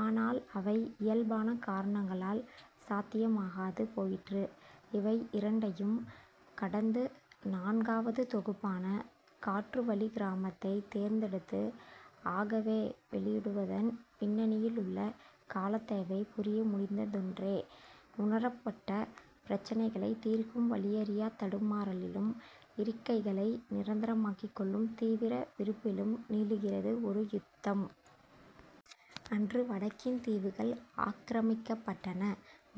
ஆனால் அவை இயல்பான காரணங்களால் சாத்தியமாகாது போயிற்று. இவை இரண்டையும் கடந்து நான்காவது தொகுப்பான "காற்றுவழிக் கிராமத்தை" தேர்ந்தெடுத்து "ஆகவே" வெளியிடுவதன் பின்னணியிலுள்ள காலத்தேவை புரிய முடிந்ததொன்றே. உணரப்பட்ட பிரச்சினைகளைத் தீர்க்கும் வழியறியாத் தடுமாறலிலும் இருக்கைகளை நிரந்தரமாக்கிக் கொள்ளும் தீவிர விருப்பிலும் நீளுகிறது ஒரு யுத்தம். அன்று வடக்கின் தீவுகள் ஆக்கிரமிக்கப்பட்டன.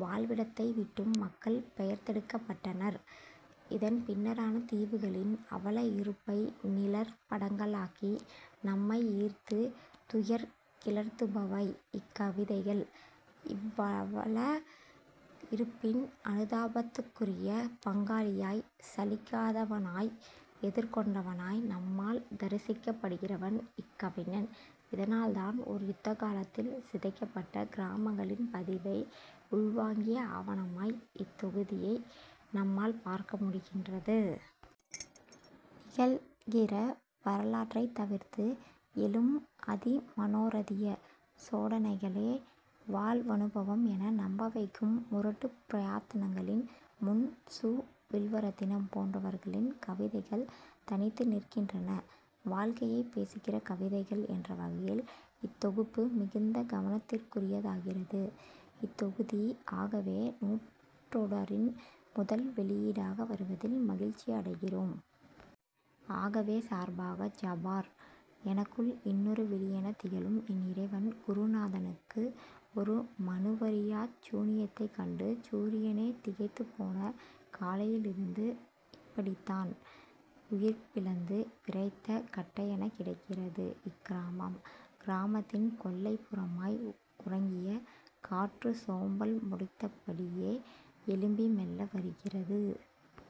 வாழ்விடத்தை விட்டும் மக்கள் பெயர்த்தெடுக்கப்பட்டனர். இதன் பின்னரான தீவுகளின் அவல இருப்பை நிழற் படங்களாக்கி நம்மை ஈர்த்து துயர் கிளர்த்துபவை இக்கவிதைகள். இவ்வல இருப்பின் அனுதாபத்துக்குரிய பங்காளியாய், சலிக்காதவனாய், எதிர்கொண்டவனாய் நம்மால் தரிசிக்கப்படுகிறவன் இக்கவிஞன். இதனால் தான் ஓர் யுத்தகாலத்தில் சிதைக்கப்பட்ட கிராமங்களின் பதிவை உள்வாங்கிய ஆவணமாய் இத்தொகுதியை நம்மால் பார்க்க முடிகின்றது. நிகழ்கிற வரலாற்றைத் தவிர்த்து எழும் அதிமனோரதிய சோடனைகளே வாழ்வனுபவம் என நம்பவைக்கும் முரட்டுப் பிரயத்தனங்களின் முன் சு. வில்வரெத்தினம் போன்றவர்களின் கவிதைகள் தனித்து நிற்கின்றன. வாழ்க்கையைப் பேசுகிற கவிதைகள் என்ற வகையில் இத்தொகுப்பு மிகுந்த கவனத்திற்குரியதாகிறது. இத்தொகுதி 'ஆகவே' நூற்றொடரின் முதல் வெளியீடாக வருவதில் மகிழ்ச்சியடைகிறோம். 'ஆகவே' சார்பாக, ஜபார். எனக்குள் இன்னொரு விழியெனத் திகழும் என் இறைவன் குருநாதனுக்கு ஒரு மனுவறியாச் சூனியத்தைக் கண்டு சூரியனே திகைத்துப் போன காலையிலிருந்து இப்படித்தான் உயிர்ப்பிழந்து விறைத்த கட்டையெனக் கிடக்கிறது இக்கிராமம். கிராமத்தின் கொல்லைப் புறமாய் உறங்கிய காற்று சோம்பல் முறித்தபடியே எழும்பி மெல்ல வருகிறது.